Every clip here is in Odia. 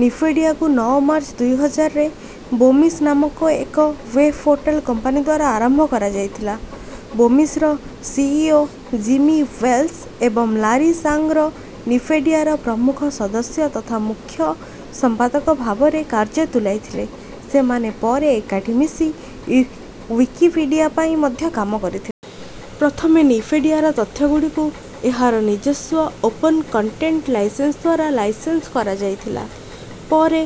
ନ୍ୟୁପେଡ଼ିଆକୁ ନଅ ମାର୍ଚ୍ଚ ଦୁଇ ହଜାର ରେ ବୋମିସ ନାମକ ଏକ ୱେବ ପୋର୍ଟାଲ କମ୍ପାନୀଦ୍ୱାରା ଆରମ୍ଭ କରାଯାଇଥିଲା। ବୋମିସର C. E. O. Jimmy Wales ଏବଂ ଲାରି ସାଙ୍ଗର ନ୍ୟୁପେଡ଼ିଆର ପ୍ରମୁଖ ସଦସ୍ୟ ତଥା ମୁଖ୍ୟ ସମ୍ପାଦକ ଭାବରେ କାର୍ଯ୍ୟ ତୁଲାଇଥିଲେ। ସେମାନେ ପରେ ଏକାଠି ମିଶି ଉଇକିପିଡ଼ିଆ ପାଇଁ ମଧ୍ୟ କାମ କରିଥିଲେ। ପ୍ରଥମେ ନ୍ୟୁପେଡ଼ିଆର ତଥ୍ୟ ଗୁଡ଼ିକୁ ଏହାର ନିଜସ୍ୱ ଓପନ କଣ୍ଟେଣ୍ଟ ଲାଇସେନ୍ସଦ୍ୱାରା ଲାଇସେନ୍ସ କରାଯାଇଥିଲା। ପରେ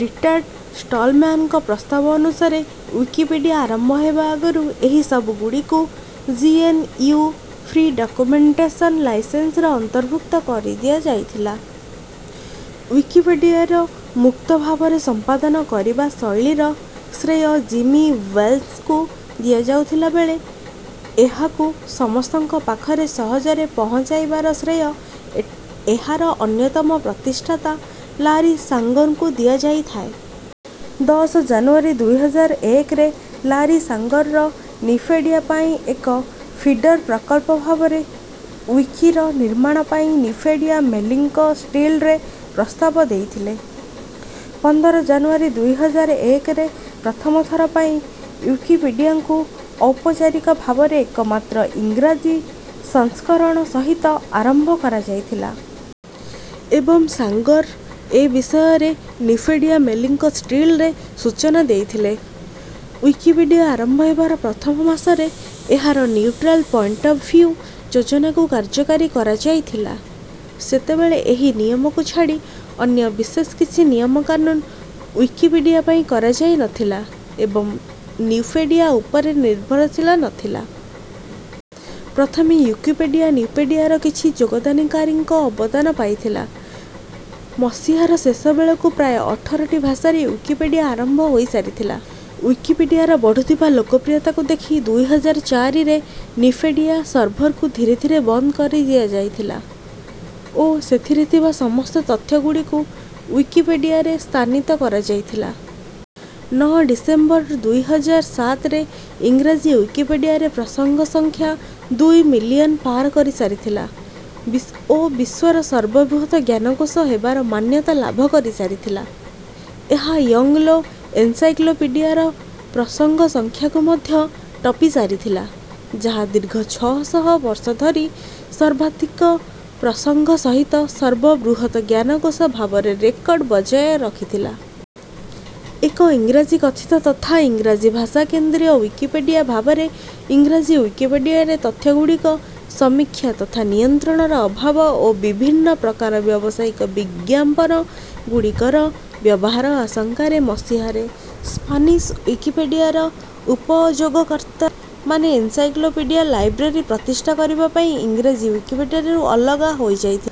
ରିଚାର୍ଡ ଷ୍ଟଲମ୍ୟାନଙ୍କ ପ୍ରସ୍ତାବ ଅନୁସାରେ ଉଇକିପିଡ଼ିଆ ଆରମ୍ଭ ହେବା ଆଗରୁ ଏହି ସବୁ ଗୁଡ଼ିକୁ G. N. U. Free documentation ଲାଇସେନ୍ସର ଅନ୍ତର୍ଭୁକ୍ତ କରିଦିଆଯାଇଥିଲା। ଉଇକିପିଡ଼ିଆର ମୁକ୍ତ ଭାବରେ ସମ୍ପାଦନା କରିବା ଶୈଳୀ ର ଶ୍ରେୟ ଜିମି ୱେଲ୍ସଙ୍କୁ ଦିଆଯାଉଥିବା ବେଳେ ଏହାକୁ ସମସ୍ତଙ୍କ ପାଖରେ ସହଜରେ ପହଞ୍ଚାଇବାର ଶ୍ରେୟ ଏହାର ଅନ୍ଯତମ ପ୍ରତିଷ୍ଠାତା ଲାରି ସାଙ୍ଗରଙ୍କୁ ଦିଆଯାଇଥାଏ। ଦଶ ଜାନୁଆରୀ ଦୁଇ ହଜାର ଏକରେ ଲାରି ସାଙ୍ଗର ନ୍ୟୁପେଡ଼ିଆ ପାଇଁ ଏକ ଫିଡର ପ୍ରକଳ୍ପ ଭାବରେ ଉଇକିର ନିର୍ମାଣ ପାଇଁ ନ୍ୟୁପେଡ଼ିଆ ମେଲିଂ ଲିଷ୍ଟରେ ପ୍ରସ୍ତାବ ଦେଇଥିଲେ। ପନ୍ଦର ଜାନୁଆରୀ ଦୁଇ ହଜାର ଏକରେ ପ୍ରଥମ ଥର ପାଇଁ ଉଇକିପିଡ଼ିଆକୁ ଔପଚାରିକ ଭାବରେ ଏକମାତ୍ର ଇଂରାଜୀ ସଂସ୍କରଣ ସହିତ ଆରମ୍ଭ କରଯାଇଥିଲା। ଏବଂ ସାଙ୍ଗର ଏ ବିଷୟରେ ନ୍ୟୁପେଡ଼ିଆ ମେଲିଂ ଲିଷ୍ଟରେ ସୂଚନା ଦେଇଥିଲେ। ଉଇକିପିଡ଼ିଆ ଆରମ୍ଭ ହେବାର ପ୍ରଥମ ମାସରେ ଏହାର ନ୍ୟୁଟ୍ରାଲ ପଏଣ୍ଟ ଅଫ ଭିୟୁ ଯୋଜନାକୁ କାର୍ଯ୍ୟକାରୀ କରଯାଇଥିଲା। ସେତେବେଳେ ଏହି ନିୟମକୁ ଛାଡ଼ି ଅନ୍ୟ ବିଶେଷ କିଛି ନିୟମ କାନୁନ ଉଇକିପିଡ଼ିଆପାଇଁ କରାଯାଇ ନଥିଲା ଏବଂ ଏହା ନ୍ୟୁପେଡ଼ିଆ ଉପରେ ନିର୍ଭରଶୀଳ ନଥିଲା। ପ୍ରଥମେ ଉଇକିପିଡ଼ିଆ ନ୍ୟୁପେଡ଼ିଆର କିଛି ଯୋଗଦାନକାରୀଙ୍କ ଅବଦାନ ପାଇଥିଲା। ମସିହାର ଶେଷ ବେଳକୁ ପ୍ରାୟ ଅଠରଟି ଭାଷାରେ ଉଇକିପିଡ଼ିଆ ଆରମ୍ଭ ହୋଇସାରିଥିଲା। ଉଇକିପିଡ଼ିଆର ବଢୁଥିବା ଲୋକପ୍ରିୟତାକୁ ଦେଖି ଦୁଇ ହଜାର ଚାରି ରେ ନ୍ୟୁପେଡ଼ିଆର ସର୍ଭରକୁ ଧୀରେ ଧୀରେ ବନ୍ଦ କରିଦିଆଯାଇଥିଲା ଓ ସେଥିରେ ଥିବା ସମସ୍ତ ତଥ୍ୟ ଗୁଡ଼ିକୁ ଉଇକିପିଡ଼ିଆରେ ସ୍ଥାନିତ କରଯାଇଥିଲା। ନଅ ଡ଼ିସେମ୍ବର ଦୁଇ ହଜାର ସାତରେ ଇଂରାଜୀ ଉଇକିପିଡ଼ିଆରେ ପ୍ରସଙ୍ଗ ସଂଖ୍ୟା ଦୁଇ ମିଲିୟନ ପାର କରିସାରିଥିଲା ଓ ବିଶ୍ୱର ସର୍ବବୃହତ ଜ୍ଞାନକୋଷ ହେବାର ମାନ୍ୟତା ଲାଭ କରିସାରିଥିଲା। ଏହା ୟୋଙ୍ଗଲ ଏନସାଇକ୍ଳୋପିଡ଼ିଆର ପ୍ରସଙ୍ଗ ସଂଖ୍ୟାକୁ ମଧ୍ୟ ଟପିସାରିଥିଲା ଯାହା ଦୀର୍ଘ ଛଅ ଶହ ବର୍ଷ ଧରି ସର୍ବାଧିକ ପ୍ରସଙ୍ଗ ସହିତ ସର୍ବବୃହତ ଜ୍ଞାନକୋଷ ଭାବରେ ରେକର୍ଡ ବଜାୟ ରଖିଥିଲା। ଏକ ଇଂରାଜୀ କଥିତ ତଥା ଇଂରାଜୀ ଭାଷା କେନ୍ଦ୍ରୀୟ ଉଇକିପିଡ଼ିଆ ଭାବରେ ଇଂରାଜୀ ଉଇକିପିଡ଼ିଆରେ ତଥ୍ୟ ଗୁଡ଼ିକର ସମୀକ୍ଷା ତଥା ନିୟନ୍ତ୍ରଣର ଅଭାବ ଓ ବିଭିନ୍ନ ପ୍ରକାର ବ୍ଯବସାୟିକ ବିଜ୍ଞାପନ ଗୁଡ଼ିକର ବ୍ୟବହାର ଆଶଙ୍କାରେ ମଶିହାରେ ସ୍ପାନିସ ଉଇକିପିଡ଼ିଆର ଉପଯୋଗକର୍ତ୍ତାମାନେ ଏନସାଇକ୍ଳୋପିଡ଼ିଆ ଲାଇବ୍ରେରୀ ପ୍ରତିଷ୍ଠା କରିବା ପାଇଁ ଇଂରାଜୀ ଉଇକିପିଡ଼ିଆଠାରୁ ଅଲଗା ହୋଇଯାଇଥିଲେ।